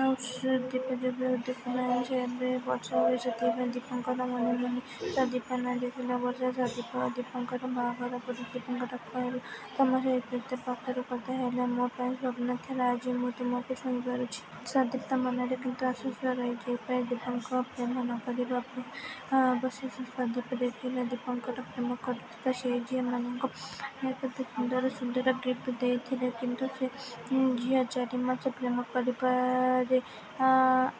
ଆଉ ସୁଦିପ୍ତା ଯେବେ ଦେଖାହୁଏ ସେବେ ବର୍ଷା ହୁଏ। ସେଥିପାଇଁ ଦୀପଙ୍କର ମନେ ମନେ ସୁଦୀପ୍ତାର ନାଁ ଦେଇଥିଲା ''ବର୍ଷା''। ସୁଦୀପ୍ତା ଓ ଦୀପଙ୍କର ବାହାଘର ପରେ ଦୀପଙ୍କର କହିଥିଲା: ''ତମ ସହିତ ଏତେ ପାଖରୁ କଥାହେବା ମୋ ପାଇଁ ସ୍ୱପ୍ନ ଥିଲା। ଆଜି ମୁଁ ତମକୁ ଛୁଇଁ ପାରୁଛି। ସୁଦୀପ୍ତା ମନରେ କିନ୍ତୁ ଅବଶୋଷ ରହିଯାଇଥିଲା। ଦୀପଙ୍କରକୁ ପ୍ରେମ ନ କରିବାର ଅବଶୋଷ। ସୁଦିପ୍ତା ଦେଖିଥିଲା ଦୀପଙ୍କର ପ୍ରେମ କରୁଥିବା ସେଇ ଝିଅ ମାନୀକୁ କେତେ ସୁନ୍ଦରକୁ ସୁନ୍ଦର ଗିପ୍ଟ ଦେଇଥିଲା, କିନ୍ତୁ ସେ ଝିଅ ଚାରିମାସ ପ୍ରେମ କରିବାପରେ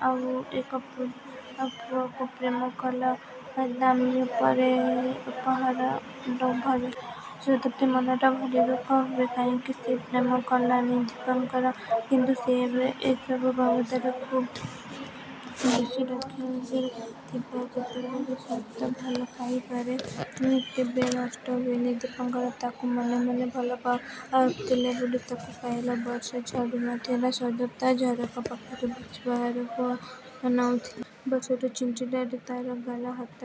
ଆଉ ଏକ ପୁଅକୁ ପ୍ରେମ କଲା ଦାମୀ ଉପହାର ଲୋଭରେ। ସୁଦିପ୍ତା ମନଟା ଭାରିଦୁଃଖ ହୁଏ କାହିଁକି ସେ ପ୍ରେମ କଲାନି ଦୀପଙ୍କରଙ୍କୁ। କିନ୍ତୁ ସେ ଏସବୁ ବାବଦରେ ଖୁବ୍ ବେଶୀ ରକ୍ଷଣଶୀଳ ଥିଲା ସେତେବେଳେ। ସତ ଭଲପାଇବାର କେବେ ନଷ୍ଟ ହୁଏନି। ଦୀପଙ୍କର, ତାକୁ ମନେ ମନେ ଭଲ ପାଉଥିଲେ ବୋଲି ତାକୁ ପାଇଲା। ବର୍ଷା ଛାଡ଼ୁ ନ ଥିଲା, ସୁଦିପ୍ତା ଝରକା ପାଖରେ ବସି ବାହାରକୁ ଅନଉଥିଲା। ବର୍ଷାର ଛିଞ୍ଚିଡ଼ାରେ ତା'ର ଗାଲ, ହାତ,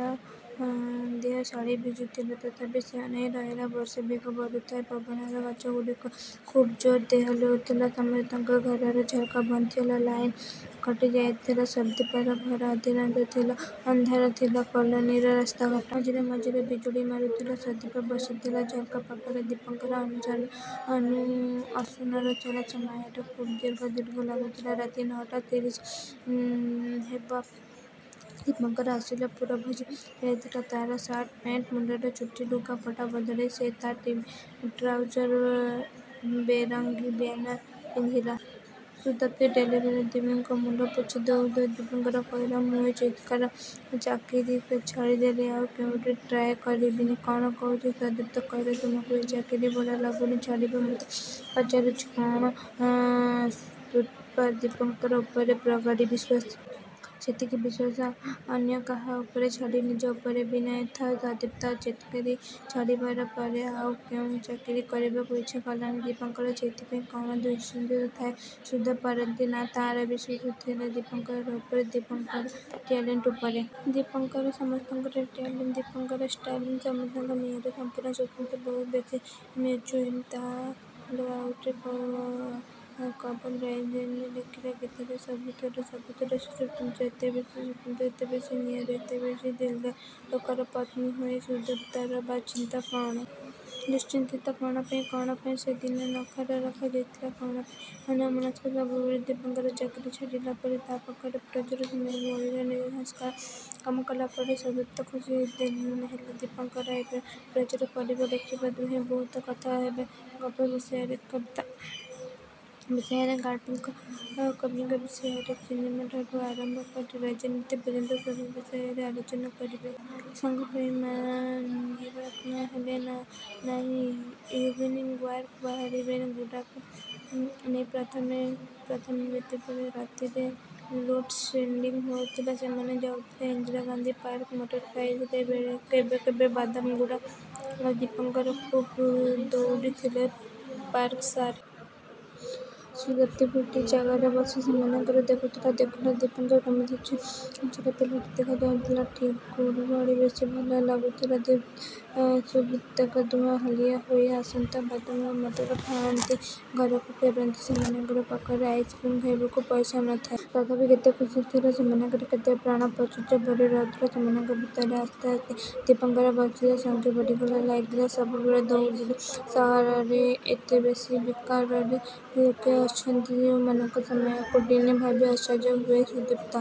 ଦେହ, ଶାଢ଼ୀ ଭିଜୁଥିଲା...। ତଥାପି ସେ ଅନାଇ ରହିଥିଲା, ବର୍ଷାର ବେଗ ବଢ଼ୁଥିଲା। ପବନରେ ଗଛଗୁଡ଼ିକ ଖୁବ୍ ଜୋରରେ ଦୋହଲୁଥିଲା। ସମସ୍ତଙ୍କ ଘରର ଝର୍କାବନ୍ଦ ଥିଲା। ଲାଇନ କଟି ଯାଇଥିଲା। ସୁଦିପ୍ତାର ଘର ଅଂଧାର ଥିଲା, ଅଧାଂର ଥିଲା କଲୋନୀର ରାସ୍ତାଘାଟ। ମଝିରେ ମଝିରେ ବିଜୁଳି ମାରୁଥିଲା। ସୁଦିପ୍ତା ବସିଥିଲା ଝର୍କା ପାଖରେ। ଦୀପଙ୍କର ଆସୁନଥିଲା ସମୟଟା ଖୁବ୍ ଦୀର୍ଘ ଦୀର୍ଘ ଲାଗୁଥିଲା। ରାତି ନ'ଟା ତିରିଶ ହେବ ଦୀପଙ୍କର ଆସିଲା। ପୁରା ଭିଜି ଯାଇଥିଲା। ତା'ର ସାର୍ଟ, ପ୍ୟାଣ୍ଟ୍, ମୁଣ୍ଡର ଚୁଟି। ଲୁଗାପଟା ବଦଳାଇ ସେ ତା' ଟ୍ରାଉଜର, ବ୍ଲୁରଙ୍ଗର ବ୍ୟାନିୟନ ପିନ୍ଧଲା। ସୁଦିପ୍ତା ଟାୱେଲରେ ଦିପଙ୍କର ମୁଣ୍ଡ ପୋଛି ଦେଉଦେଉ ଦିପଙ୍କର କହିଲା ମୁଁ ଏ ଚାକିରି ଛାଡ଼ିଦେବି। ଆଉ କେଉଁଠି ଟ୍ରାଏ କରିବି? କ'ଣ କହୁଛ? ସୁଦିପ୍ତା କହିଲା, ''ତମକୁ ଏ ଚାକିରୀ ଭଲ ଲାଗୁନି ଛାଡ଼ିବ ମତେ ପଚାରୁଛ କ'ଣ? ସୁଦିପ୍ତାର ଦୀପଙ୍କର ଉପରେ ପ୍ରଗାଢ଼ ବିଶ୍ୱାସ। ସେତିକି ବିଶ୍ୱାସ ଅନ୍ୟ କାହା ଉପରେ ଛାଡ଼ ନିଜ ଉପରେ ବି ନ ଥାଏ ସୁଦିପ୍ତାର। ଚାକିରି ଛାଡ଼ିବା ପରେ ଆଉ କେଉଁଠି ଚାକିରୀ କରିବାକୁ ଇଛା କଲାନି ଦୀପଙ୍କର। ସେଥିପାଇଁ କ'ଣ ଦୁଶ୍ଚିନ୍ତା ଥିଲା ସୁଦୀପ୍ତାର-ନା? ତା'ର ବିଶ୍ୱାସ ଥିଲା ଦୀପଙ୍କର ଉପରେ-ଦୀପଙ୍କର ଟ୍ୟାଲେଣ୍ଟ ଉପରେ। ଦୀପଙ୍କର ସମସ୍ତଙ୍କଠୁ ଟ୍ୟାଲେଣ୍ଟଡ୍ ଦୀପଙ୍କର ଷ୍ଟାଇଲ ସମସ୍ତଙ୍କଠୁ ନିଆରା, ସଂପୂର୍ଣ୍ଣ ସ୍ୱତନ୍ତ୍ର। ବହୁତ ବେଶୀ ମ୍ୟାଚୁଅଡ୍ ତା' ଲେ-ଆଉଟରେ, କଭର ଡିଜାଇନରେ, ଲେଖାରେ, ଗୀତରେ। ସବୁଥରେ...। ସବୁଥିରେ ସେ ସ୍ୱତନ୍ତ୍ର...। ଏତେବେଶୀ ସ୍ୱତନ୍ତ୍ର, ଏତେବେଶୀ ନିଆରା, ଏତେବେଶୀ ଦିଲଦାର ଲୋକର ପତ୍ନୀ ହୋଇ ସୁଦିପ୍ତାର ବା' ଚିନ୍ତା କ'ଣ? ଦୁଶ୍ଚିନ୍ତା କ'ଣ ପାଇଁ? କ'ଣ ପାଇଁ ସେ ଦିନ ଦିନ ନଖାଇ ରହିଯାଉଛି କ'ଣ ପାଇଁ ଅନ୍ୟମନସ୍କ ସବୁବେଳେ। ଦୀପଙ୍କର ଚାକିରି ଛାଡ଼ିଲାପରେ ତା' ପାଖରେ ପ୍ରଚୁର ସମୟ ବଳିଲା। ନିଜ ସଂସ୍ଥାର କାମ କଲାପରେ ସୁଦିପ୍ତା ଖୁସି ହେଲା ଦୀପଙ୍କର ଏବେ ପ୍ରଚୁର ପଢ଼ିବ, ଲେଖିବ, ଦୁହେଁ ବହୁତ କଥା ହେବେ, ଗପ ବିଷୟରେ କବିତା ବିଷୟରେ, ଗାଳ୍ପିକ, କବିଙ୍କ ବିଷୟରେ, ସିନେମାଠାରୁ ଆରମ୍ଭ କରି ରାଜନୀତି ପର୍ଯ୍ୟନ୍ତ ସବୁ ବିଷୟରେ ଆଲୋଚନା କରିବେ। ସାଙ୍ଗହୋଇ ମର୍ଣ୍ଣିୱାକ୍ ନ ହେଲା ନାହିଁ ଇଭିନିଙ୍ଗ୍ ୱାକ୍ରେ ବାହାରିବେ ଗୁଡୁକୁ ନେଇ। ପ୍ରଥମେ ପ୍ରଥମେ ଯେତେବେଳେ ରାତିରେ ଲୋଡ଼୍ ସେଡ଼ଙ୍ଗି୍ ହେଉଥିଲା ସେମାନେ ଯାଉଥିଲେ ଇନ୍ଦିରା ଗାନ୍ଧି ପାର୍କ। ମଟର ଖାଉଥିଲେ, କେବେକେବେ ବାଦାମ। ଗୁଡୁ ଆଉ ଦୀପଙ୍କର ଖୁବ୍ ଦଉଡ଼ୁ ଥିଲେ ପାର୍କସାରା। ସୁଦିପ୍ତା ଗୋଟିଏ ଜାଗାରେ ବସି ସେମାନଙ୍କୁ ଦେଖୁଥିଲା। ଦେଖୁଥିଲା ଦୀପଙ୍କର କେମିତି ଛୋଟ ପିଲାଟେ ହେଇଯାଉଛନ୍ତି ଠିକ୍ ଗୁଡୁ ଭଳି। ବେଶ୍ ଭଲ ଲାଗୁଥିଲା ସୁଦିପ୍ତାକୁ। ଦୁହେଁ ହାଲିଆ ହେଲେ ଆସନ୍ତି ବାଦାମ, ମଟର ଖାଆନ୍ତି। ଘରକୁ ଫେରନ୍ତି। ସେମାନଙ୍କର ପାଖରେ ଆଇସ୍କ୍ରିମ୍ ଖାଇବାକୁ ପଇସା ନ ଥାଏ। ତଥାପି କେତେ ଖୁସି ଥିଲେ ସେମାନେ କେତେ ପ୍ରାଣ ପ୍ରଚୁର୍ଯ୍ୟ ଭରି ରହିଥିଲା ସେମାନଙ୍କ ଭିତରେ। ଆସ୍ତେ ଆସ୍ତେ ଦୀପଙ୍କରର ବଂଧୁଙ୍କ ସଂଖ୍ୟା ବଢ଼ିବାକୁ ଲାଗିଲେ। ସବୁବେଳେ ଦଉଡ଼ୁଥିବା ସହରରେ ଏତେବେଶୀ ବେକାର ଲୋକ ଅଛନ୍ତି ଯେଉଁମାନଙ୍କର ସମୟ କଟୁନି ଭାବି ଆଶ୍ଚର୍ଯ୍ୟ ହୁଏ ସୁଦିପ୍ତା।